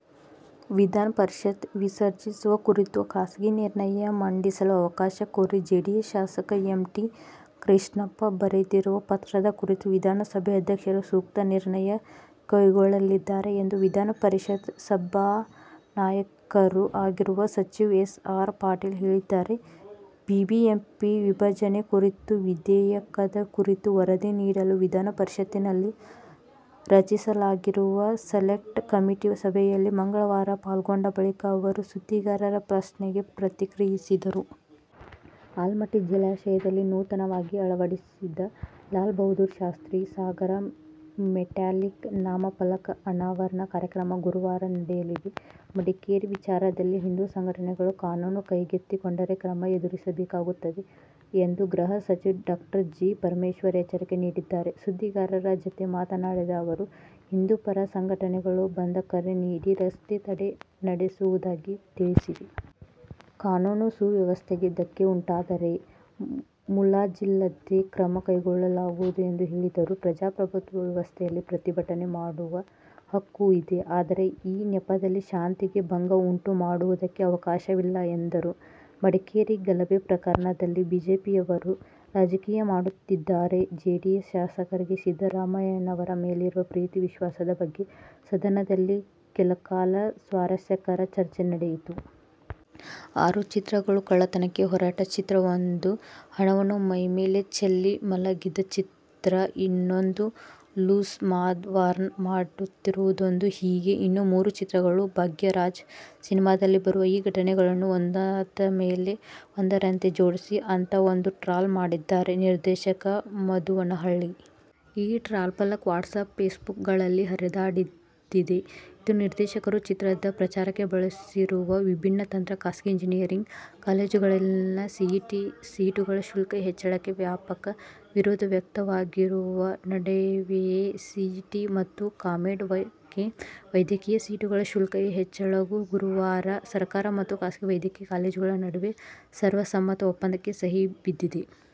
ವಿಧಾನ ಪರಿಷತ್ ವಿಸರ್ಜಿಸುವ ಕುರಿತು ಖಾಸಗಿ ನಿರ್ಣಯ ಮಂಡಿಸಲು ಅವಕಾಶ ಕೋರಿ ಜೆಡಿಎಸ್ ಶಾಸಕ ಎಂ. ಟಿ. ಕೃಷ್ಣಪ್ಪ ಬರೆದಿರುವ ಪತ್ರದ ಕುರಿತು ವಿಧಾನಸಭೆ ಅಧ್ಯಕ್ಷರು ಸೂಕ್ತ ನಿರ್ಣಯ ಕೈಗೊಳ್ಳಲಿದ್ದಾರೆ ಎಂದು ವಿಧಾನ ಪರಿಷತ್ ಸಭಾನಾಯಕರೂ ಆಗಿರುವ ಸಚಿವ ಎಸ್. ಆರ್. ಪಾಟೀಲ್ ಹೇಳಿದ್ದಾರೆ. ಬಿಬಿಎಂಪಿ ವಿಭಜನೆ ಕುರಿತ ವಿಧೇಯಕದ ಕುರಿತು ವರದಿ ನೀಡಲು ವಿಧಾನ ಪರಿಷತ್ತಿನಲ್ಲಿ ರಚಿಸಲಾಗಿರುವ ಸೆಲೆಕ್ಟ್ ಕಮಿಟಿ ಸಭೆಯಲ್ಲಿ ಮಂಗಳವಾರ ಪಾಲ್ಗೊಂಡ ಬಳಿಕ ಅವರು ಸುದ್ದಿಗಾರರ ಪ್ರಶ್ನೆಗೆ ಪ್ರತಿಕ್ರಿಯಿಸಿದರು. ಆಲಮಟ್ಟಿ ಜಲಾಶಯದಲ್ಲಿ ನೂತನವಾಗಿ ಅಳವಡಿಸಿದ "ಲಾಲ್ ಬಹದ್ದೂರ್ ಶಾಸ್ತ್ರೀ ಸಾಗರ' ಮೆಟ್ಯಾಲಿಕ್ ನಾಮಫಲಕ ಅನಾವರಣ ಕಾರ್ಯಕ್ರಮ ಗುರುವಾರ ನಡೆಯಲಿದೆ. ಮಡಿಕೇರಿ ವಿಚಾರದಲ್ಲಿ ಹಿಂದೂ ಸಂಘಟನೆಗಳು ಕಾನೂನು ಕೈಗೆತ್ತಿಕೊಂಡರೆ ಕ್ರಮ ಎದುರಿಸಬೇಕಾಗುತ್ತದೆ ಎಂದು ಗೃಹ ಸಚಿವ ಡಾ ಜಿ. ಪರಮೇಶ್ವರ್ ಎಚ್ಚರಿಕೆ ನೀಡಿದ್ದಾರೆ. ಸುದ್ದಿಗಾರರ ಜತೆ ಮಾತನಾಡಿದ ಅವರು, ಹಿಂದೂ ಪರ ಸಂಘಟನೆಗಳು ಬಂದ್ ಕರೆ ನೀಡಿ, ರಸ್ತೆ ತಡೆ ನಡೆಸುವುದಾಗಿ ತಿಳಿಸಿವೆ. ಕಾನೂನುಸುವ್ಯವಸ್ಥೆಗೆ ಧಕ್ಕೆ ಉಂಟಾದರೆ ಮುಲಾಜಿಲ್ಲದೆ ಕ್ರಮ ಕೈಗೊಳ್ಳಲಾಗುವುದು ಎಂದು ಹೇಳಿದರು. ಪ್ರಜಾಪ್ರಭುತ್ವ ವ್ಯವಸ್ಥೆಯಲ್ಲಿ ಪ್ರತಿಭಟನೆ ಮಾಡುವ ಹಕ್ಕು ಇದೆ. ಆದರೆ, ಆ ನೆಪದಲ್ಲಿ ಶಾಂತಿಗೆ ಭಂಗ ಉಂಟು ಮಾಡುವುದಕ್ಕೆ ಅವಕಾಶವಿಲ್ಲ ಎಂದರು. ಮಡಿಕೇರಿ ಗಲಭೆ ಪ್ರಕರಣದಲ್ಲಿ ಬಿಜೆಪಿಯವರು ರಾಜಕೀಯ ಮಾಡುತ್ತಿದ್ದಾರೆ. ಜೆಡಿಎಸ್ ಶಾಸಕರಿಗೆ ಸಿದ್ದರಾಮಯ್ಯನವರ ಮೇಲಿರುವ ಪ್ರೀತಿ-ವಿಶ್ವಾಸದ ಬಗ್ಗೆ ಸದನದಲ್ಲಿ ಕೆಲಕಾಲ ಸ್ವಾರಸ್ಯಕರ ಚರ್ಚೆ ನಡೆಯಿತು. ಆರು ಚಿತ್ರಗಳು. ಕಳ್ಳತನಕ್ಕೆ ಹೊರಟ ಚಿತ್ರವೊಂದು. ಹಣವನ್ನು ಮೈಮೇಲೆ ಚೆಲ್ಲಿ ಮಲಗಿದ ಚಿತ್ರ ಇನ್ನೊಂದು. ಲೂಸ್ ಮಾದ ವಾರ್ನ್ ಮಾಡುತ್ತಿರುವುದೊಂದು. ಹೀಗೇ ಇನ್ನೂ ಮೂರು ಚಿತ್ರಗಳು. "ಭಾಗ್ಯರಾಜ್' ಸಿನಿಮಾದಲ್ಲಿ ಬರುವ ಈ ಘಟನೆಗಳನ್ನು ಒಂದಾದಮೇಲೆ ಒಂದರಂತೆ ಜೋಡಿಸಿ ಅಂತ ಒಂದು ಟ್ರಾಲ್ ಮಾಡಿದ್ದಾರೆ ನಿರ್ದೇಶಕ ಮಧುವನಹಳ್ಳಿ. ಈ ಟ್ರಾಲ್ಫಲಕ ವಾಟ್ಸಪ್, ಫೇಸ್ಬುಕ್ಗಳಲ್ಲಿ ಹರಿದಾಡುತ್ತಿದೆ. ಇದು ನಿರ್ದೇಶಕರು ಚಿತ್ರದ ಪ್ರಚಾರಕ್ಕೆ ಬಳಸಿರುವ ವಿಭಿನ್ನ ತಂತ್ರ. ಖಾಸಗಿ ಇಂಜಿನಿಯರಿಂಗ್ ಕಾಲೇಜುಗಳಲ್ಲಿನ ಸಿಇಟಿ ಸೀಟುಗಳ ಶುಲ್ಕ ಹೆಚ್ಚಳಕ್ಕೆ ವ್ಯಾಪಕ ವಿರೋಧ ವ್ಯಕ್ತವಾಗಿರುವ ನಡುವೆಯೇ ಸಿಇಟಿ ಮತ್ತು ಕಾಮೆಡ್-ಕೆ ವೈದ್ಯಕೀಯ ಸೀಟುಗಳ ಶುಲ್ಕ ಹೆಚ್ಚಳಕ್ಕೂ ಗುರುವಾರ ಸರ್ಕಾರ ಮತ್ತು ಖಾಸಗಿ ವೈದ್ಯಕೀಯ ಕಾಲೇಜುಗಳ ನಡುವೆ ಸರ್ವಸಮ್ಮತ ಒಪ್ಪಂದಕ್ಕೆ ಸಹಿ ಬಿದ್ದಿದೆ.